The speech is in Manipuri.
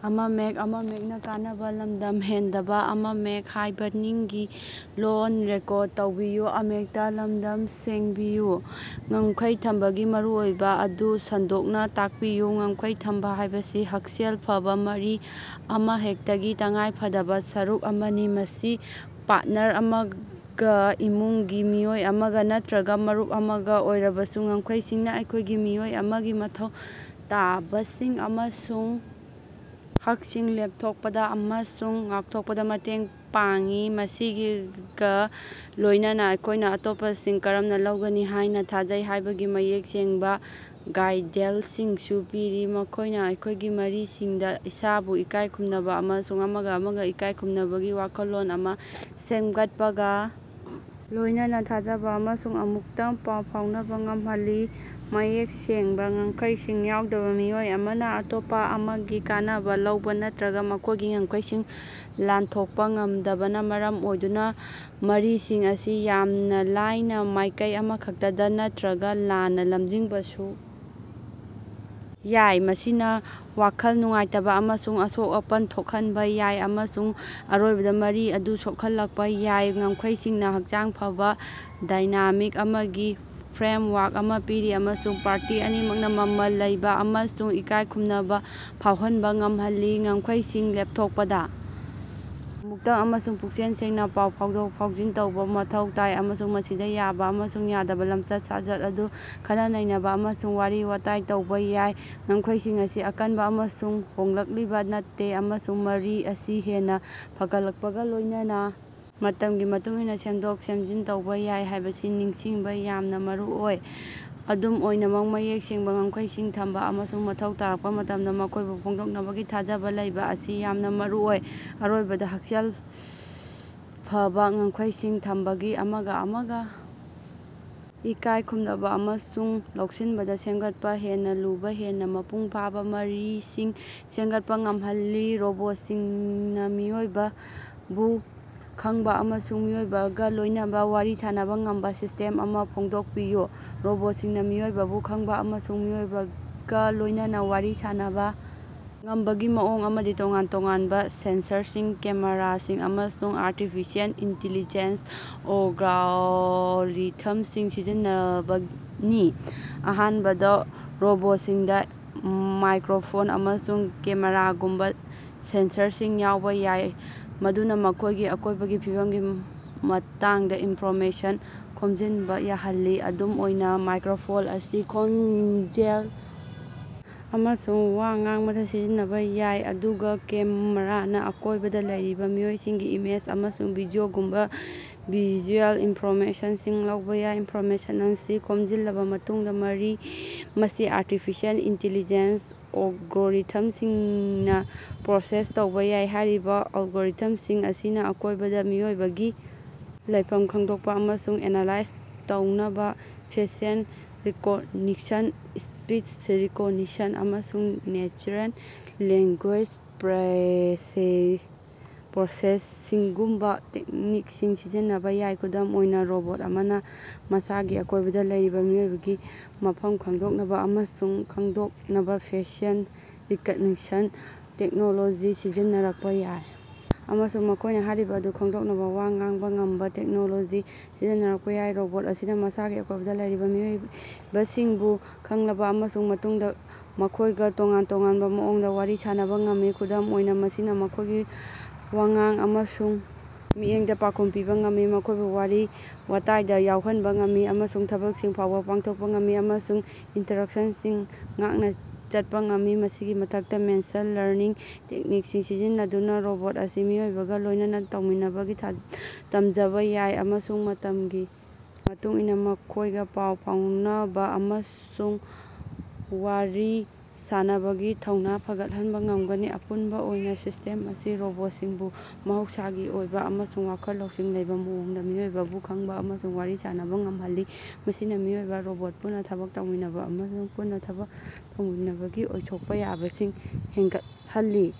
ꯉꯝꯈꯩ ꯊꯝꯕꯒꯤ ꯃꯔꯨꯑꯣꯏꯕꯥ ꯑꯗꯨ ꯁꯟꯗꯣꯛꯅꯥ ꯇꯥꯛꯄꯤꯌꯨ꯫ ꯉꯝꯈꯩ ꯊꯝꯕꯥ ꯍꯥꯏꯕꯁꯤ ꯍꯛꯁꯦꯜ ꯐꯕꯥ ꯃꯔꯤ ꯑꯃꯍꯦꯛꯇꯒꯤ ꯇꯉꯥꯏꯐꯗꯕꯥ ꯁꯔꯨꯛ ꯑꯃꯅꯤ, ꯃꯁꯤ ꯄꯥꯔꯠꯅꯔ ꯑꯃꯒꯥ, ꯏꯃꯨꯡꯒꯤ ꯃꯤꯑꯣꯏ ꯑꯃꯒꯥ ꯅꯠꯇ꯭ꯔꯒꯥ ꯃꯔꯨꯞ ꯑꯃꯒꯥ ꯑꯣꯏꯔꯕꯁꯨ꯫ ꯉꯝꯈꯩꯁꯤꯡꯅꯥ ꯑꯩꯈꯣꯏꯒꯤ ꯃꯤꯑꯣꯏ ꯑꯃꯒꯤ ꯃꯊꯧ ꯇꯥꯕꯁꯤꯡ ꯑꯃꯁꯨꯡ ꯍꯛꯁꯤꯡ ꯂꯦꯞꯊꯣꯛꯄꯗꯥ ꯑꯃꯁꯨꯡ ꯉꯥꯛꯊꯣꯛꯄꯗꯥ ꯃꯇꯦꯡ ꯄꯥꯡꯏ, ꯃꯁꯤꯒꯥ ꯂꯣꯏꯅꯅꯥ ꯑꯩꯈꯣꯏꯅꯥ ꯑꯇꯣꯞꯄꯁꯤꯡꯅꯥ ꯀꯔꯝꯅꯥ ꯂꯧꯒꯅꯤ ꯍꯥꯏꯅꯥ ꯊꯥꯖꯩ ꯍꯥꯏꯕꯒꯤ ꯃꯌꯦꯛ ꯁꯦꯡꯕꯥ ꯒꯥꯏꯗꯂꯥꯏꯟꯁꯤꯡꯁꯨ ꯄꯤꯔꯤ꯫ ꯃꯈꯣꯏꯅꯥ ꯑꯩꯈꯣꯏꯒꯤ ꯃꯔꯤꯁꯤꯡꯗꯥ ꯏꯁꯥꯕꯨ ꯏꯀꯥꯏ ꯈꯨꯝꯅꯕꯥ ꯑꯃꯁꯨꯡ ꯑꯃꯒꯥ ꯑꯃꯒꯥ ꯏꯀꯥꯏ ꯈꯨꯝꯅꯕꯒꯤ ꯋꯥꯈꯜꯂꯣꯟ ꯑꯃ ꯁꯦꯝꯒꯠꯄꯒꯥ ꯂꯣꯏꯅꯅꯥ ꯊꯥꯖꯕꯥ ꯑꯃꯁꯨꯡ ꯑꯃꯨꯛꯇꯪ ꯄꯥꯎ ꯐꯥꯎꯅꯕꯥ ꯉꯝꯍꯜꯂꯤ꯫ ꯃꯌꯦꯛ ꯁꯦꯡꯕꯥ ꯉꯝꯈꯩꯁꯤꯡ ꯌꯥꯎꯗꯅꯥ, ꯃꯤꯑꯣꯏ ꯑꯃꯅꯥ ꯑꯇꯣꯞꯄꯥ ꯑꯃꯒꯤ ꯀꯥꯟꯅꯕꯥ ꯂꯧꯕꯥ ꯅꯠꯇ꯭ꯔꯒꯥ ꯃꯈꯣꯏꯒꯤ ꯉꯝꯈꯩꯁꯤꯡ ꯂꯥꯟꯊꯣꯛꯄꯥ ꯉꯝꯗꯕꯅꯥ ꯃꯔꯝ ꯑꯣꯏꯗꯨꯅ ꯃꯔꯤꯁꯤꯡ ꯑꯁꯤ ꯌꯥꯝꯅ ꯂꯥꯏꯅ ꯃꯥꯏꯀꯩ ꯑꯃꯈꯛꯇꯗꯥ ꯅꯠꯇ꯭ꯔꯒꯥ ꯂꯥꯟꯅ ꯂꯝꯖꯤꯡꯕꯁꯨ ꯌꯥꯏ꯫ ꯃꯁꯤꯅ ꯋꯥꯈꯜ ꯅꯨꯡꯉꯥꯏꯇꯕꯥ ꯑꯃꯁꯨꯡ ꯑꯁꯣꯛ-ꯑꯄꯟ ꯊꯣꯛꯍꯟꯕꯥ ꯌꯥꯏ, ꯑꯃꯁꯨꯡ ꯑꯔꯣꯏꯕꯗꯥ ꯃꯔꯤ ꯑꯗꯨ ꯁꯣꯛꯍꯜꯂꯛꯄꯥ ꯌꯥꯏ꯫ ꯉꯝꯈꯩꯁꯤꯡꯅꯥ ꯍꯛꯆꯥꯡ ꯐꯕꯥ ꯗꯥꯏꯅꯥꯃꯤꯛ ꯑꯃꯒꯤ ꯐ꯭ꯔꯦꯝꯋꯥꯔꯛ ꯑꯃ ꯄꯤꯔꯤ ꯑꯃꯁꯨꯡ ꯄꯥꯔꯇꯤ ꯑꯅꯤꯃꯛꯅꯥ ꯃꯃꯜ ꯂꯩꯕ ꯑꯃꯁꯨꯡ ꯏꯀꯥꯏꯈꯨꯝꯅꯕꯥ ꯐꯥꯎꯍꯟꯕꯥ ꯉꯝꯍꯜꯂꯤ꯫ ꯉꯝꯈꯩꯁꯤꯡ ꯂꯦꯞꯊꯣꯛꯄꯗꯥ ꯑꯃꯨꯛꯇꯪ ꯑꯃꯁꯨꯡ ꯄꯨꯛꯆꯦꯜ ꯁꯦꯡꯅꯥ ꯄꯥꯎ ꯐꯥꯎꯗꯣꯛ-ꯐꯥꯎꯖꯤꯟ ꯇꯧꯕ ꯃꯊꯧ ꯇꯥꯏ, ꯑꯃꯁꯨꯡ ꯃꯁꯤꯗꯥ ꯌꯥꯕ ꯑꯃꯁꯨꯡ ꯌꯥꯗꯕꯥ ꯂꯝꯆꯠ-ꯁꯥꯖꯠ ꯑꯗꯨ ꯈꯟꯅ-ꯅꯩꯅꯕꯥ ꯑꯃꯁꯨꯡ ꯋꯥꯔꯤ-ꯋꯥꯇꯥꯏ ꯇꯧꯕꯥ ꯌꯥꯏ꯫ ꯉꯝꯈꯩꯁꯤꯡ ꯑꯁꯤ ꯑꯀꯟꯕꯥ ꯑꯃꯁꯨꯡ ꯍꯣꯡꯂꯛꯂꯤꯕꯥ ꯅꯠꯇꯦ, ꯑꯃꯁꯨꯡ ꯃꯔꯤ ꯑꯁꯤ ꯍꯦꯟꯅꯥ ꯐꯒꯠꯂꯛꯄꯒꯥ ꯂꯣꯏꯅꯅꯥ ꯃꯇꯝꯒꯤ ꯃꯇꯨꯡꯏꯟꯅꯥ ꯁꯦꯝꯗꯣꯛ-ꯁꯦꯝꯖꯤꯟ ꯇꯧꯕ ꯌꯥꯏ ꯍꯥꯏꯕꯁꯤ ꯅꯤꯡꯁꯤꯡꯕꯥ ꯌꯥꯝꯅ ꯃꯔꯨꯑꯣꯏ꯫ ꯑꯗꯨꯝ ꯑꯣꯏꯅꯃꯛ, ꯃꯌꯦꯛ ꯁꯦꯡꯕꯥ ꯉꯝꯈꯩꯁꯤꯡ ꯊꯝꯕꯥ ꯑꯃꯁꯨꯡ ꯃꯊꯧ ꯇꯥꯔꯛꯄꯥ ꯃꯇꯝꯗꯥ ꯃꯈꯣꯏꯕꯨ ꯐꯣꯡꯗꯣꯛꯅꯕꯒꯤ ꯊꯥꯖꯕꯥ ꯂꯩꯕꯥ ꯑꯁꯤ ꯌꯥꯝꯅ ꯃꯔꯨꯑꯣꯏ꯫ ꯑꯔꯣꯏꯕꯗꯥ, ꯍꯛꯁꯦꯜ ꯐꯕꯥ ꯉꯝꯈꯩꯁꯤꯡ ꯊꯝꯕꯅꯥ ꯑꯃꯒꯥ ꯑꯃꯒꯥ ꯏꯀꯥꯏ ꯈꯨꯝꯅꯕꯥ ꯑꯃꯁꯨꯡ ꯂꯧꯁꯤꯟꯕꯗꯥ ꯁꯦꯝꯒꯠꯄꯥ ꯍꯦꯟꯅꯥ ꯂꯨꯕꯥ, ꯍꯦꯟꯅꯥ ꯃꯄꯨꯡ ꯐꯥꯕꯥ ꯃꯔꯤꯁꯤꯡ ꯁꯦꯝꯒꯠꯄꯥ ꯉꯝꯍꯜꯂꯤ꯫ ꯔꯣꯕꯣꯠꯁꯤꯡꯅꯥ ꯃꯤꯑꯣꯏꯕꯕꯨ ꯈꯪꯕꯥ ꯑꯃꯁꯨꯡ ꯃꯤꯑꯣꯏꯕꯒꯥ ꯂꯣꯏꯅꯅꯥ ꯋꯥꯔꯤ ꯁꯥꯟꯅꯕꯥ ꯉꯝꯕꯥ ꯁꯤꯁꯇꯦꯝ ꯑꯃ ꯐꯣꯡꯗꯣꯛꯄꯤꯌꯨ꯫ ꯔꯣꯕꯣꯠꯁꯤꯡꯅꯥ ꯃꯤꯑꯣꯏꯕꯕꯨ ꯈꯪꯕꯥ ꯑꯃꯁꯨꯡ ꯃꯤꯑꯣꯏꯕꯒꯥ ꯂꯣꯏꯅꯅꯥ ꯋꯥꯔꯤ ꯁꯥꯟꯅꯕꯥ ꯉꯝꯕꯒꯤ ꯃꯑꯣꯡ ꯑꯃꯗꯤ ꯇꯣꯉꯥꯟ ꯇꯣꯉꯥꯟꯕꯥ ꯁꯦꯟꯁꯔꯁꯤꯡ, ꯀꯦꯃꯦꯔꯥꯁꯤꯡ ꯑꯃꯁꯨꯡ ꯑꯥꯔꯇꯤꯐꯤꯁꯤꯑꯦꯜ ꯏꯟꯇꯤꯂꯤꯖꯦꯟꯁ ꯑꯦꯜꯒꯣꯔꯤꯊꯝꯁꯤꯡ ꯁꯤꯖꯤꯟꯅꯕꯅꯤ꯫ ꯑꯍꯥꯟꯕꯗꯥ, ꯔꯣꯕꯣꯠꯁꯤꯡꯗꯥ ꯃꯥꯏꯀ꯭ꯔꯣꯐꯣꯟ ꯑꯃꯁꯨꯡ ꯀꯦꯃꯦꯔꯥꯒꯨꯝꯕꯥ ꯁꯦꯟꯁꯔꯁꯤꯡ ꯌꯥꯎꯕ ꯌꯥꯏ ꯃꯗꯨꯅꯥ ꯃꯈꯣꯏꯒꯤ ꯑꯀꯣꯏꯕꯒꯤ ꯐꯤꯚꯝꯒꯤ ꯃꯇꯥꯡꯗ ꯏꯟꯐꯣꯔꯃꯦꯁꯟ ꯈꯣꯝꯖꯤꯟꯕꯥ ꯌꯥꯍꯜꯂꯤ꯫ ꯑꯗꯨꯝ ꯑꯣꯏꯅ, ꯃꯥꯏꯀ꯭ꯔꯣꯐꯣꯟ ꯑꯁꯤ ꯈꯣꯟꯖꯦꯜ ꯑꯃꯁꯨꯡ ꯋꯥ ꯉꯥꯡꯕꯗꯥ ꯁꯤꯖꯤꯟꯅꯕꯥ ꯌꯥꯏ, ꯑꯗꯨꯒꯥ ꯀꯦꯃꯦꯔꯥꯅꯥ ꯑꯀꯣꯏꯕꯗꯥ ꯂꯩꯔꯤꯕꯥ ꯃꯤꯑꯣꯏꯁꯤꯡꯒꯤ ꯏꯃꯦꯖ ꯑꯃꯁꯨꯡ ꯚꯤꯗꯤꯑꯣꯒꯨꯝꯕꯥ ꯚꯤꯖꯨꯑꯦꯜ ꯏꯟꯐꯣꯔꯃꯦꯁꯟꯁꯤꯡ ꯂꯧꯕꯥ ꯌꯥꯏ꯫ ꯏꯟꯐꯣꯔꯃꯦꯁꯟ ꯑꯁꯤ ꯈꯣꯝꯖꯤꯜꯂꯕꯥ ꯃꯇꯨꯡꯗꯥ, ꯃꯁꯤ ꯑꯥꯔꯇꯤꯐꯤꯁꯤꯑꯦꯜ ꯏꯟꯇꯤꯂꯤꯖꯦꯟꯁ ꯑꯦꯜꯒꯣꯔꯤꯊꯝꯁꯤꯡꯅꯥ ꯄ꯭ꯔꯣꯁꯦꯁ ꯇꯧꯕ ꯌꯥꯏ꯫ ꯍꯥꯏꯔꯤꯕꯥ ꯑꯦꯜꯒꯣꯔꯤꯊꯝꯁꯤꯡ ꯑꯁꯤꯅ ꯑꯀꯣꯏꯕꯗꯥ ꯃꯤꯑꯣꯏꯕꯒꯤ ꯂꯩꯐꯝ ꯈꯪꯗꯣꯛꯄꯥ ꯑꯃꯁꯨꯡ ꯑꯦꯅꯥꯂꯥꯏꯖ ꯇꯧꯅꯕꯥ ꯐꯦꯁꯤꯑꯦꯜ ꯔꯤꯀꯣꯛꯅꯤꯁꯟ, ꯁ꯭ꯄꯤꯆ ꯔꯤꯀꯣꯒꯅꯤꯁꯟ, ꯑꯃꯁꯨꯡ ꯅꯦꯆꯔꯦꯜ ꯂꯦꯡꯒꯨꯌꯦꯖ ꯄ꯭ꯔꯣꯁꯦꯁꯤꯡꯒꯨꯝꯕꯥ ꯇꯦꯛꯅꯤꯛꯁꯤꯡ ꯁꯤꯖꯤꯟꯅꯕꯥ ꯌꯥꯏ꯫ ꯈꯨꯗꯝ ꯑꯣꯏꯅ, ꯔꯣꯕꯣꯠ ꯑꯃꯅꯥ ꯃꯁꯥꯒꯤ ꯑꯀꯣꯏꯕꯗꯥ ꯂꯩꯔꯤꯕꯥ ꯃꯤꯑꯣꯏꯕꯒꯤ ꯃꯐꯝ ꯈꯪꯗꯣꯛꯅꯕꯥ ꯑꯃꯁꯨꯡ ꯈꯪꯗꯣꯛꯅꯕꯥ ꯐꯦꯁꯤꯑꯦꯜ ꯔꯤꯀꯛꯅꯤꯁꯟ ꯇꯦꯛꯅꯣꯂꯣꯖꯤ ꯁꯤꯖꯤꯟꯅꯔꯛꯄꯥ ꯌꯥꯏ ꯑꯃꯁꯨꯡ ꯃꯈꯣꯏꯅꯥ ꯍꯥꯏꯔꯤꯕ ꯑꯗꯨ ꯈꯪꯗꯣꯛꯅꯕꯥ ꯋꯥ ꯉꯥꯡꯕꯥ ꯉꯝꯕꯥ ꯇꯦꯛꯅꯣꯂꯣꯖꯤ ꯁꯤꯖꯤꯟꯅꯔꯛꯄꯥ ꯌꯥꯏ꯫ ꯔꯣꯕꯣꯠ ꯑꯁꯤꯅ ꯃꯁꯥꯒꯤ ꯑꯀꯣꯏꯕꯗꯥ ꯂꯩꯔꯤꯕꯥ ꯃꯤꯑꯣꯏꯕꯁꯤꯡꯕꯨ ꯈꯪꯂꯕꯥ ꯑꯃꯁꯨꯡ ꯃꯇꯨꯡꯗꯥ ꯃꯈꯣꯏꯒꯥ ꯇꯣꯉꯥꯟ ꯇꯣꯉꯥꯟꯕꯥ ꯃꯑꯣꯡꯗꯥ ꯋꯥꯔꯤ ꯁꯥꯟꯅꯕꯥ ꯉꯝꯃꯤ꯫ ꯈꯨꯗꯝ ꯑꯣꯏꯅ, ꯃꯁꯤꯅ ꯃꯈꯣꯏꯒꯤ ꯋꯥꯉꯥꯡ ꯑꯃꯁꯨꯡ ꯃꯤꯠꯌꯦꯡꯗꯥ ꯄꯥꯎꯈꯨꯝ ꯄꯤꯕꯥ ꯉꯝꯃꯤ, ꯃꯈꯣꯏꯕꯨ ꯋꯥꯔꯤ-ꯋꯥꯇꯥꯏꯗꯥ ꯌꯥꯎꯍꯟꯕ ꯉꯝꯃꯤ, ꯑꯃꯁꯨꯡ ꯊꯕꯛꯁꯤꯡ ꯐꯥꯎꯕꯥ ꯄꯥꯡꯊꯣꯛꯄꯥ ꯉꯝꯃꯤ ꯑꯃꯁꯨꯡ ꯏꯟꯁꯇ꯭ꯔꯛꯁꯟꯁꯤꯡ ꯉꯥꯛꯅꯥ ꯆꯠꯄꯥ ꯉꯝꯃꯤ꯫ ꯃꯁꯤꯒꯤ ꯃꯊꯛꯇꯥ, ꯃꯦꯁꯤꯟ ꯂꯔꯅꯤꯡ ꯇꯦꯛꯅꯤꯛꯁꯤꯡ ꯁꯤꯖꯤꯟꯅꯗꯨꯅꯥ ꯔꯣꯕꯣꯠ ꯑꯁꯤꯅ ꯃꯤꯑꯣꯏꯕꯒꯥ ꯂꯣꯏꯅꯅꯥ ꯇꯧꯃꯤꯟꯅꯕꯗꯒꯤ ꯇꯝꯖꯕꯥ ꯌꯥꯏ ꯑꯃꯁꯨꯡ ꯃꯇꯝꯒꯤ ꯃꯇꯨꯡ ꯏꯟꯅꯥ ꯃꯈꯣꯏꯒꯥ ꯄꯥꯎ ꯐꯥꯎꯅꯕꯥ ꯑꯃꯁꯨꯡ ꯋꯥꯔꯤ ꯁꯥꯟꯅꯕꯒꯤ ꯊꯧꯅꯥ ꯐꯒꯠꯍꯟꯕꯥ ꯉꯝꯒꯅꯤ꯫ ꯑꯄꯨꯟꯕꯥ ꯑꯣꯏꯅ, ꯁꯤꯁꯇꯦꯝ ꯑꯁꯤꯅ ꯔꯣꯕꯣꯠꯁꯤꯡꯕꯨ ꯃꯍꯧꯁꯥꯒꯤ ꯑꯣꯏꯕ ꯑꯃꯁꯨꯡ ꯋꯥꯈꯜ ꯂꯧꯁꯤꯡ ꯂꯩꯕꯥ ꯃꯑꯣꯡꯗꯥ ꯃꯤꯑꯣꯏꯕꯕꯨ ꯈꯪꯕꯥ ꯑꯃꯁꯨꯡ ꯋꯥꯔꯤ ꯁꯥꯟꯅꯕꯥ ꯉꯝꯍꯜꯂꯤ, ꯃꯁꯤꯅ ꯃꯤꯑꯣꯏꯕ-ꯔꯣꯕꯣꯠ ꯄꯨꯟꯅꯥ ꯊꯕꯛ ꯇꯧꯃꯤꯟꯅꯕꯥ ꯑꯃꯁꯨꯡ ꯄꯨꯟꯅꯥ ꯊꯕꯛ ꯇꯧꯃꯤꯟꯅꯕꯒꯤ ꯑꯣꯏꯊꯣꯛꯄꯥ ꯌꯥꯕꯁꯤꯡ ꯍꯦꯟꯒꯠꯍꯜꯂꯤ꯫